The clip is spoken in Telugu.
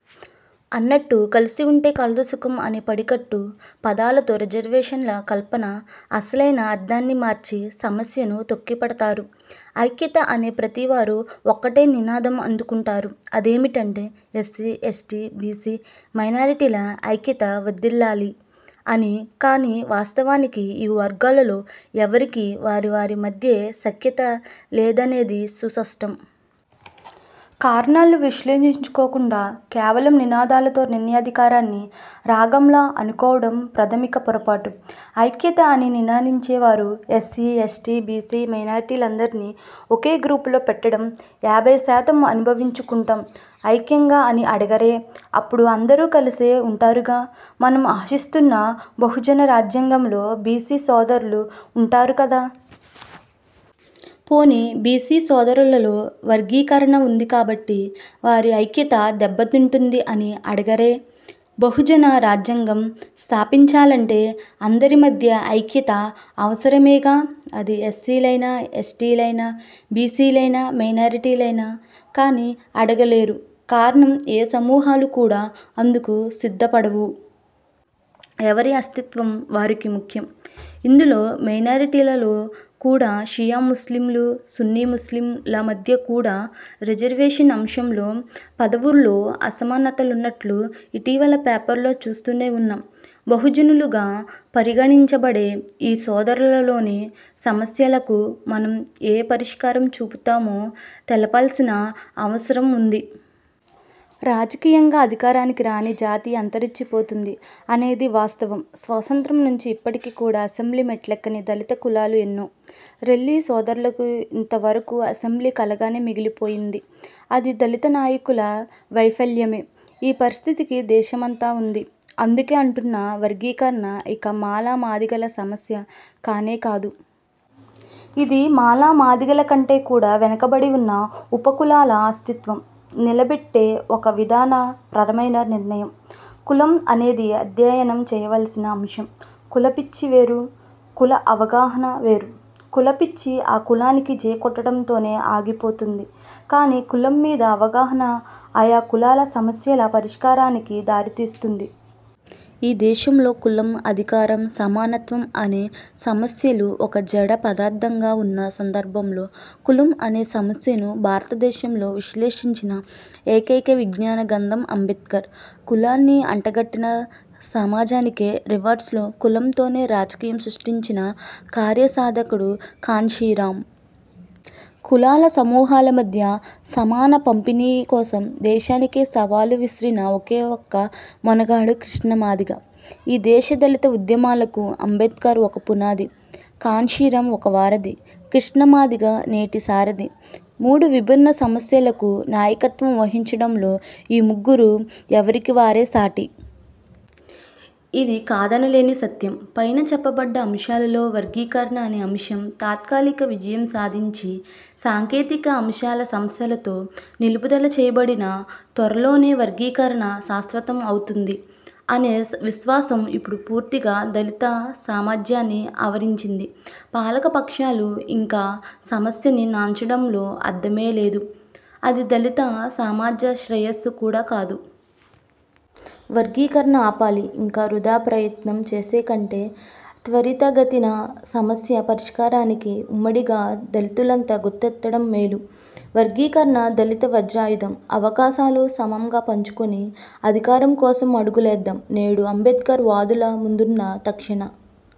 అన్నట్టు కలసి ఉంటె కలదు సుఖం అనే పడికట్టు పదాలతో రిజర్వేషన్ల కల్పన అసలైన అర్థాన్ని మరచి సమస్యను తొక్కిపడతారు. ఐక్యత అనే ప్రతి వారు ఒకటే నినాదం అందుకుంటారు అదేమిటంటే 'ఎస్సీ, ఎస్టీ, బీసీ మైనారిటీల ఐక్యత వర్ధిల్లాలి' అని. కానీ వాస్తవానికి ఈ వర్గాల్లో ఎవ్వరికీ వారి వారి మధ్యే సఖ్యత లేదనేది సుస్పష్టం. కారణాలు విశ్లేషించుకోకుండా కేవలం నినాదాలతో నిర్ణయాధికారానికి రాగలం అనుకోవడం ప్రాథమిక పొరపాటు. ఐక్యత అని నినదించేవారు ఎస్సీ, ఎస్టీ, బీసీ మైనారిటీలందరినీ ఒకే గ్రూపులో పెట్టండి, యాభైశాతం అనుభవించుకుంటాం ఐక్యంగా అని అడగరే? అప్పుడు అందరూ కలిసే ఉంటారుగా. మనం ఆశిస్తున్న బహుజనరాజ్యంలో బీసీ సోదరులు ఉంటారు కదా? పోనీ బీసీ సోదరులలో వర్గీకరణ ఉంది కాబట్టి వారి ఐక్యత దెబ్బతింటుంది అని అడగరే? బహుజన రాజ్యం స్థాపించాలంటే అందరి మధ్య ఐక్యత అవసరమేగా. అది ఎస్సీ లైనా, ఎస్టీ లైనా, బీసీలైనా, మైనారిటీ లైనా. కానీ అడగలేరు కారణం ఏ సమూహాలు కూడా అందుకు సిద్ధపడవు. ఎవరి అస్తిత్వం వారికి ముఖ్యం. ఇందులో మైనారిటీలలో కూడా షియా ముస్లింలు, సున్నీ ముస్లిం ల మధ్య కూడా రిజర్వేషన్ అంశంలో పదవుల్లో అసమానతలున్నట్టు ఇటీవల పేపర్లలో చూస్తూనే ఉన్నాం. బహుజనులుగా పరిగణించబడే ఈ సోదరులలోని సమస్యలకు మనం ఏ పరిష్కారం చూపుతామో తెలపాల్సిన అవసరం ఉంది. రాజకీయంగా అధికారానికి రాని జాతి అంతరించిపోతుంది అనేది వాస్తవం. స్వతంత్రం నుంచి ఇప్పటికీ కూడా అసెంబ్లీ మెట్లెక్కని దళిత కులాలు ఎన్నో. రెల్లి సోదరులకు ఇంతవరకు అసెంబ్లీ కలగానే మిగిలిపోయింది. అది దళిత నాయకుల వైఫల్యమే. ఈ పరిస్థితి దేశమంతా ఉంది. అందుకే అంటున్నా వర్గీకరణ ఇక మాల మాదిగల సమస్య కానేకాదు. ఇది మాల మాదిగలకంటే కూడా వెనకబడి ఉన్న ఉపకులాల అస్తిత్వం నిలబెట్టే ఒక విధాన పరమైన నిర్ణయం. కులం అనేది అధ్యయనం చేయవలసిన అంశం. 'కుల పిచ్చి' వేరు, 'కుల అవగాహన' వేరు. కుల పిచ్చి ఆ కులానికి జై కొట్టడంతోనే ఆగిపోతుంది. కానీ కులం మీద అవగాహన ఆయా కులాల సమస్యల పరిష్కారానికి దారితీస్తుంది. ఈ దేశంలో కులం, అధికారం, సమానత్వం అనే సమస్యలు ఒక జడ పదార్థంగా ఉన్న సందర్భంలో కులం అనే సమస్యను భారతదేశం లో విశ్లేషించిన ఏకైక విజ్ఞాన గ్రంథం అంబేడ్కర్. కులాన్ని అంటగట్టిన సమాజానికే రివర్స్ లో కులం తోనే రాజకీయం సృష్టించిన కార్యసాధకుడు కాన్షీరాం. కులాల సమూహల మధ్య సమాన పంపిణీ కోసం దేశానికే సవాలు విసిరిన ఒకేఒక్క మొనగాడు కృష్ణ మాదిగ. ఈ దేశ దళిత ఉద్యమాలకు అంబేడ్కర్ ఒక పునాది. కాన్షీరాం ఒక వారధి. కృష్ణ మాదిగ నేటి సారథి. మూడు విభిన్న సమస్యలకు నాయకత్వం వహించడంలో ఈ ముగ్గురు ఎవరికివారే సాటి. ఇది కాదనలేని సత్యం. పైన చెప్పబడ్డ అంశాలలో వర్గీకరణ అనే అంశం తాత్కాలిక విజయం సాధించి సాంకేతిక అంశాల సమస్యలతో నిలుపుదల చేయబడినా త్వరలోనే వర్గీకరణ శాశ్వతం అవుతుంది అనే విశ్వాసం ఇప్పుడు పూర్తిగా దళిత సమాజాన్ని ఆవరించింది. పాలక పక్షాలు ఇంకా సమస్యని నాన్చడంలో అర్థమే లేదు, అది దళిత సమాజ శ్రేయస్సు కూడా కాదు. వర్గీకరణ ఆపాలని ఇంకా వృథా ప్రయత్నం చేసే కంటే త్వరితగతిన సమస్య పరిష్కారానికి ఉమ్మడిగా దళితులంతా గొంతెత్తడం మేలు. వర్గీకరణే దళిత వజ్రాయుధం. అవకాశాలు సమంగా పంచుకొని, అధికారం కోసం అడుగులెయ్యడం నేడు అంబేడ్కర్ వాదుల ముందున్న తక్షణ